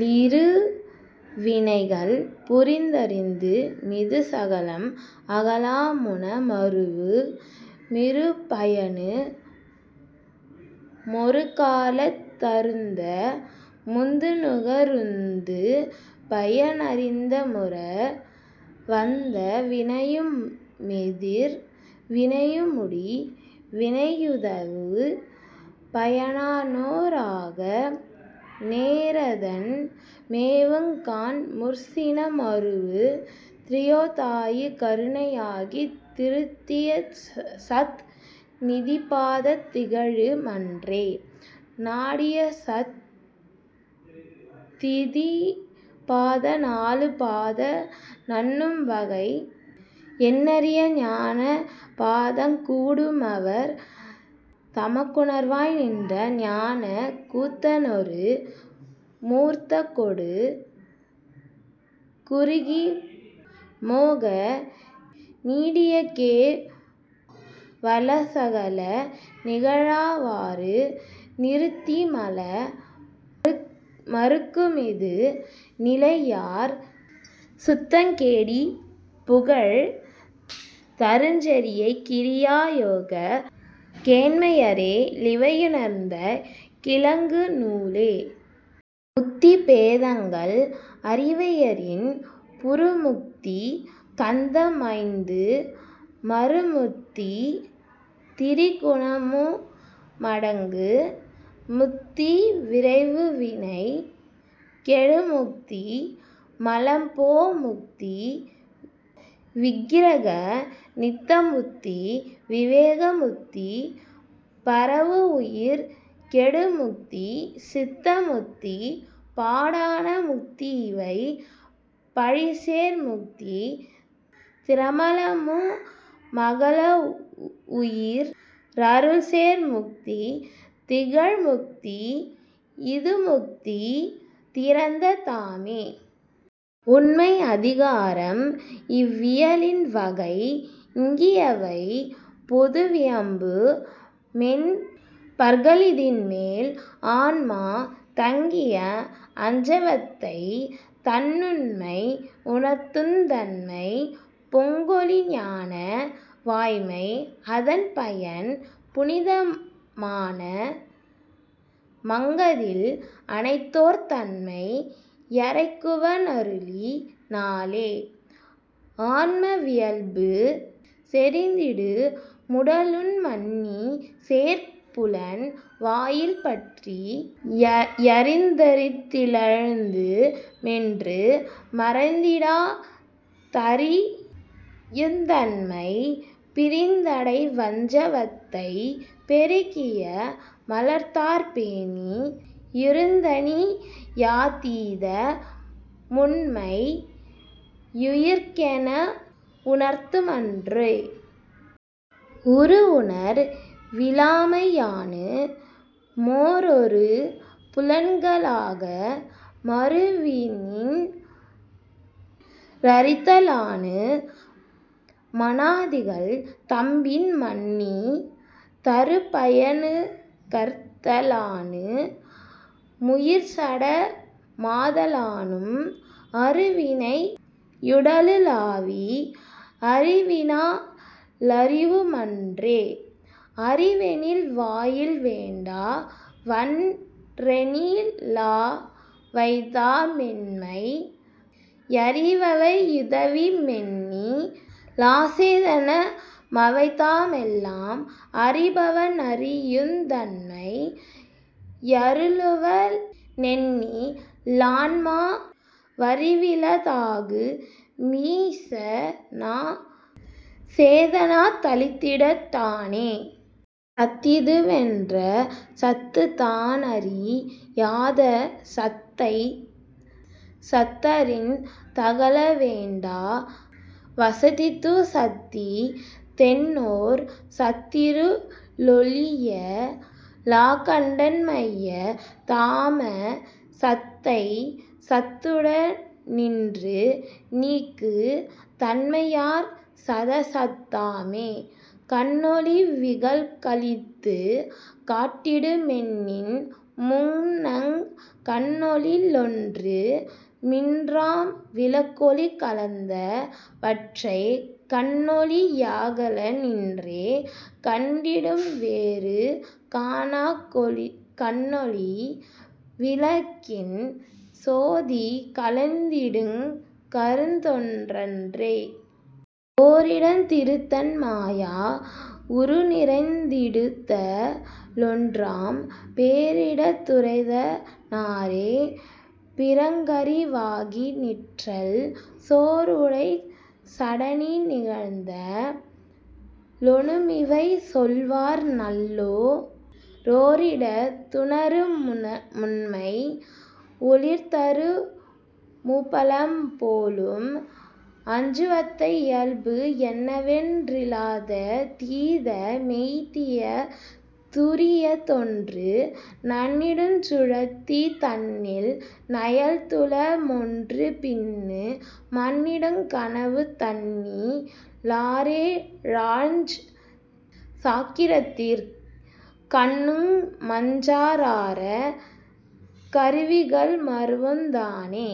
லிருவினைகள் புரிந்தருந்து மிதுசகலம் அகலா முனமருவு மிருபயனு மொருகாலத் தருந்த முந்துநுக ருந்துபய னந்தமுற வந்த வினையுமெதிர் வினையுமுடி வினையுதவு பயனா னேராக நேராதன் மேவுங் கான்முற் சினமருவு திரோதாயி கருணையாகித் திருந்தியசத் திநிபாதந் திகழு மன்றே. நாடியசத் திநிபாத நாலு பாத நண்ணும்வகை யெண்ணரிய ஞான பாதங் கூடுமவர் தமக்குணர்வாய் நின்ற ஞானக் கூத்தனொரு மூர்த்தகொடு குறுகி மோக நீடியகே வலசகல நிகழாவாறு நிறுத்திமல மறுக்குமிது நிலையார் சுத்தங் கேடி புகழ் தருஞ்சரியை கிரியா யோகக் கேண்மையரே லிவையுணர்ந்தக் கிளக்கு நூலே. முத்தி பேதங்கள் அரிவையரின் புறுமுத்தி கந்த மைந்து மறுமுத்தி திரிகுணமு மடங்கு முத்தி விரவுவினை கெடுமுத்தி மலம்போ முத்தி விக்கிரக நித்தமுத்தி விவேக முத்தி பரவுமுயிர் கெடுமுத்தி சித்த முத்தி பாடாண முத்தியிவை பழிசேர் முத்தி திரமலமு மகலவுயி ரருள்சேர் முத்தி திகழ்முத்தி யிதுமுத்தித் திறத்த தாமே. உண்மை அதிகாரம் இவ்வியலின் வகை இங்கியவை பொதுவி யம்பு மென்பர்க ளிதன்மேல் ஆன்மாத் தங்கிய அஞ்சவத்தை தன்னுண்மை உணர்த்துந் தன்மை பொங்கொளி ஞான வாய்மை அதன்பயன் புனித மான மங்கதில் அணைந்தோர் தன்மை யறைகுவ னருளி னாலே.. ஆன்ம வியல்பு செறிந்திடு முடலுண் மன்னிச் சேர்புலன் வாயில்பற்றி யறிந்ததி லழுந்து மொன்று மறிந்திடா தறியுந்தன்மை பிறிந்தடை வஞ்ச வத்தை பெருகிய மலத்தாற்பேணி யுறுந்தனி யதீத முண்மை யுயிர்க்கென வுணர்த்துமன்றே. உருவுணர் விலாமை யானு மோரொரு புலன்களாக மருவிநின் றறித லானு மனாதிகள் தம்மின் மன்னித் தருபய னுகர்த லானு முயிர்சட மாத லானும் அருவினை யுடலு ளாவி யறிவினா லறியு மன்றே. அறிவெனில் வாயில் வேண்டா வன்றெனி லவைதாமென்னை யறிவவை யுதவு மென்னி லசேதன மவைதாமெல்லாம் அறிபவ னறியுந் தன்மை யருளுவ னென்னி லான்மா வறிவில தாகு மீச னசேதனத் தளித்தி டானே. சத்திது வென்ற சத்துத் தானறி யாத சத்தைத் சத்தறிந் தகலவேண்டா வசத்திதுசத்தி தென்றோர் சத்திரு ளொளிய லாக்கண் டன்மைய தாம சத்தைச் சத்துட னின்று நீக்குந் தன்மையாற் சதசத்தாமே. கண்ணொளி விளக்களித்துக் காட்டிடுமென்னின் முன்னங் கண்ணொளி யொன்று மின்றாம் விளக்கொளி கலந்த வற்றைச் கண்ணொளி யகல நின்றே கண்டிடும் வேறு காணாக் கண்ணொளி விளக்கின் சோதி கலந்திடுங் கருத்தொன் றன்றே. ஓரிடத் திருத்தன் மாயா வுருநிறைந் திடுத லொன்றாம் பேரிடத் துறைத றானே பிறங்கறி வாகி நிற்றல் சோர்வுடைச் சடநி கழ்த்த லொனுமிவை சொல்லார் நல்லோ ரோரிடத் துணரு முண்மை யொளிர்தரு முபலம் போலும்.. அஞ்சவத்தை இயல்பு எண்ணவென் றிலாத தீத மெய்திய துரியத் தொன்று நண்ணிடுஞ் சுழத்தி தன்னில் நயந்துள தொன்று பின்னு மண்ணிடுங் கனவு தன்னி லாறேழாஞ் சாக்கிரத்திற் கண்ணுறு மஞ்சா றாய கருவிகள் மருவுந் தானே.